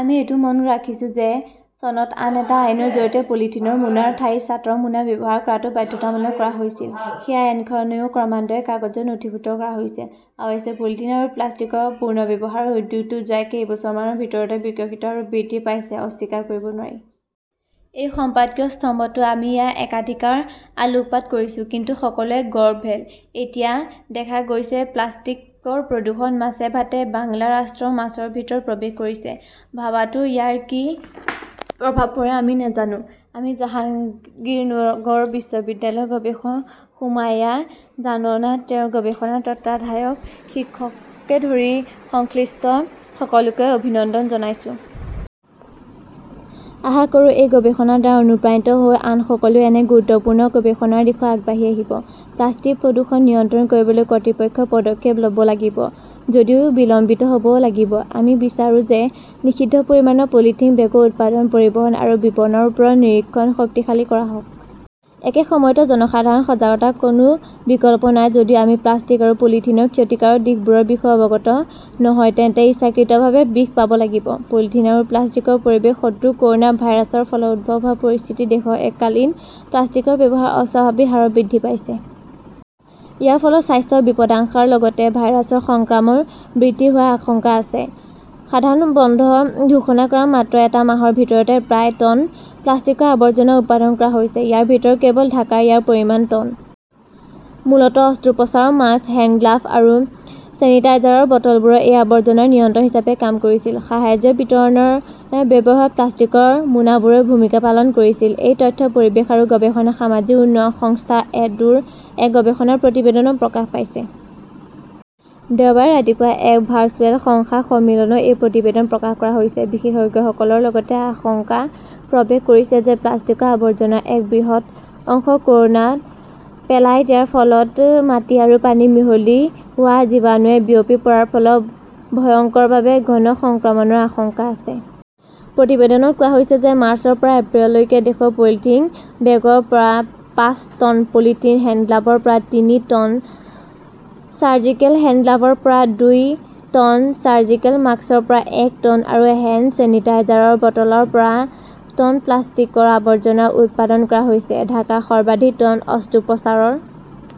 আমি এইটোও মন ৰাখিছোঁ যে চনত আন এটা আইনৰ জৰিয়তে পলিথিনৰ মোনাৰ ঠাইত চাটৰ মোনা ব্যৱহাৰ কৰাটো বাধ্যতামূলক কৰা হৈছিল। সেই আইনখনেও ক্ৰমান্বয়ে কাগজত নথিভুক্ত কৰা হৈছে। অৱশ্যে পলিথিন আৰু প্লাষ্টিক পুনৰ্ব্যৱহাৰৰ উদ্যোগটো যোৱা কেইবছৰমানৰ ভিতৰত বিকশিত আৰু বৃদ্ধি পাইছে-অস্বীকাৰ কৰিব নোৱাৰি। এই সম্পাদকীয় স্তম্ভতো আমি ইয়াক একাধিকাৰ আলোকপাত কৰিছো। কিন্তু সকলোবোৰ গৰ ৰ্ভেল। এতিয়া দেখা গৈছে-প্লাষ্টিকৰ প্ৰদূষণ মাছে ভাতে বাংলা ৰাষ্ট্ৰৰ মাছৰ ভিতৰত প্ৰৱেশ কৰিছে। ভাৱাতো ইয়াৰ কি প্ৰভাৱ পৰে আমি নাজানো। আমি জাহাঙ্গীৰন'ৰকৰ বিশ্ববিদ্যালয়ৰ গৱেষক সুমাইয়া জাননাত তেওঁৰ গৱেষণা তত্ত্বাৱধায়ক শিক্ষককে ধৰি সংশ্লিষ্ট সকলোকে অভিনন্দন জনাইছো। আশা কৰোঁ এই গৱেষণাৰ দ্বাৰা অনুপ্ৰাণিত হৈ আনসকলেও এনে গুৰুত্বপূৰ্ণ গৱেষণাৰ দিশত আগবাঢ়ি আহিব। প্লাষ্টিক প্ৰদূষণ নিয়ন্ত্ৰণ কৰিবলৈ কৰ্তৃপক্ষই পদক্ষেপ ল’ব লাগিব, যদিও বিলম্বিত হ’ব লাগিব। আমি বিচাৰো যে নিষিদ্ধ পৰিমাণৰ পলিথিন বেগৰ উৎপাদন, পৰিবহণ আৰু বিপণনৰ ওপৰত নিৰীক্ষণ শক্তিশালী কৰা হওক। একে সময়তে, জনসাধাৰণৰ সজাগতাৰ কোনো বিকল্প নাই। যদি আপুনি প্লাষ্টিক আৰু পলিথিনৰ ক্ষতিকাৰক দিশবোৰৰ বিষয়ে অৱগত নহয় তেন্তে ইচ্ছাকৃতভাৱে বিষ পাব লাগিব। পলিথিন আৰু প্লাষ্টিক পৰিৱেশৰ শত্ৰু ক’ৰনা ভাইৰাছৰ ফলত উদ্ভৱ হোৱা পৰিস্থিতিত দেশত এককালীন প্লাষ্টিকৰ ব্যৱহাৰ অস্বাভাৱিক হাৰত বৃদ্ধি পাইছে। ইয়াৰ ফলত স্বাস্থ্যৰ বিপদাংশাৰ লগতে ভাইৰাছৰ সংক্ৰমণ বৃদ্ধি হোৱাৰ আশংকা আছে। সাধাৰণ বন্ধ ঘোষণা কৰাৰ মাত্ৰ এটা মাহৰ ভিতৰতে প্ৰায় টন প্লাষ্টিকৰ আৱৰ্জনা উৎপাদন কৰা হৈছিল। ইয়াৰ ভিতৰত কেৱল ঢাকাত ইয়াৰ পৰিমাণ টন। মূলতঃ অস্ত্ৰোপচাৰৰ মাস্ক, হেণ্ডগ্লাভ আৰু ছেনিটাইজাৰৰ বটলবোৰে এই আৱৰ্জনাৰ নিয়ন্ত্ৰক হিচাপে কাম কৰিছিল। সাহায্য বিতৰণত ব্যৱহৃত প্লাষ্টিকৰ মোনাবোৰে ভূমিকা পালন কৰিছিল। এই তথ্য পৰিৱেশ আৰু সামাজিক উন্নয়ন সংস্থা-এডোৰ এক গৱেষণা প্ৰতিবেদনত প্ৰকাশ পাইছে। দেওবাৰে ৰাতিপুৱা এক ভাৰ্চুৱেল সংশা সন্মিলনত এই প্ৰতিবেদন প্ৰকাশ কৰা হৈছিল। বিশেষজ্ঞসকলে লগতে আশংকা প্ৰকাশ কৰিছে যে প্লাষ্টিকৰ আৱৰ্জনাৰ এক বৃহৎ অংশ ক’ৰনাত পেলাই দিয়াৰ ফলত মাটি আৰু পানীত মিহলি হোৱা জীৱাণুৱে বিয়পি পৰাৰ ফলত ভয়ংকৰভাৱে ঘণ সংক্ৰমণৰ আশংকা আছে। প্ৰতিবেদনত কোৱা হৈছে যে মাৰ্চৰ পৰা এপ্ৰিললৈকে দেশত পলিথিন বেগৰ পৰা পাঁচ টন, পলিথিন হেণ্ডগ্লাভৰ পৰা তিনি টন, চাৰ্জিকেল হেণ্ডগ্লাভৰ পৰা দুই টন, চাৰ্জিকেল মাস্কৰ পৰা এক টন আৰু হেণ্ড ছেনিটাইজাৰৰ বটলৰ পৰা টন প্লাষ্টিকৰ আৱৰ্জনা উৎপাদন কৰা হৈছিল। ঢাকাত সৰ্বাধিক টন অস্ত্ৰোপচাৰৰ---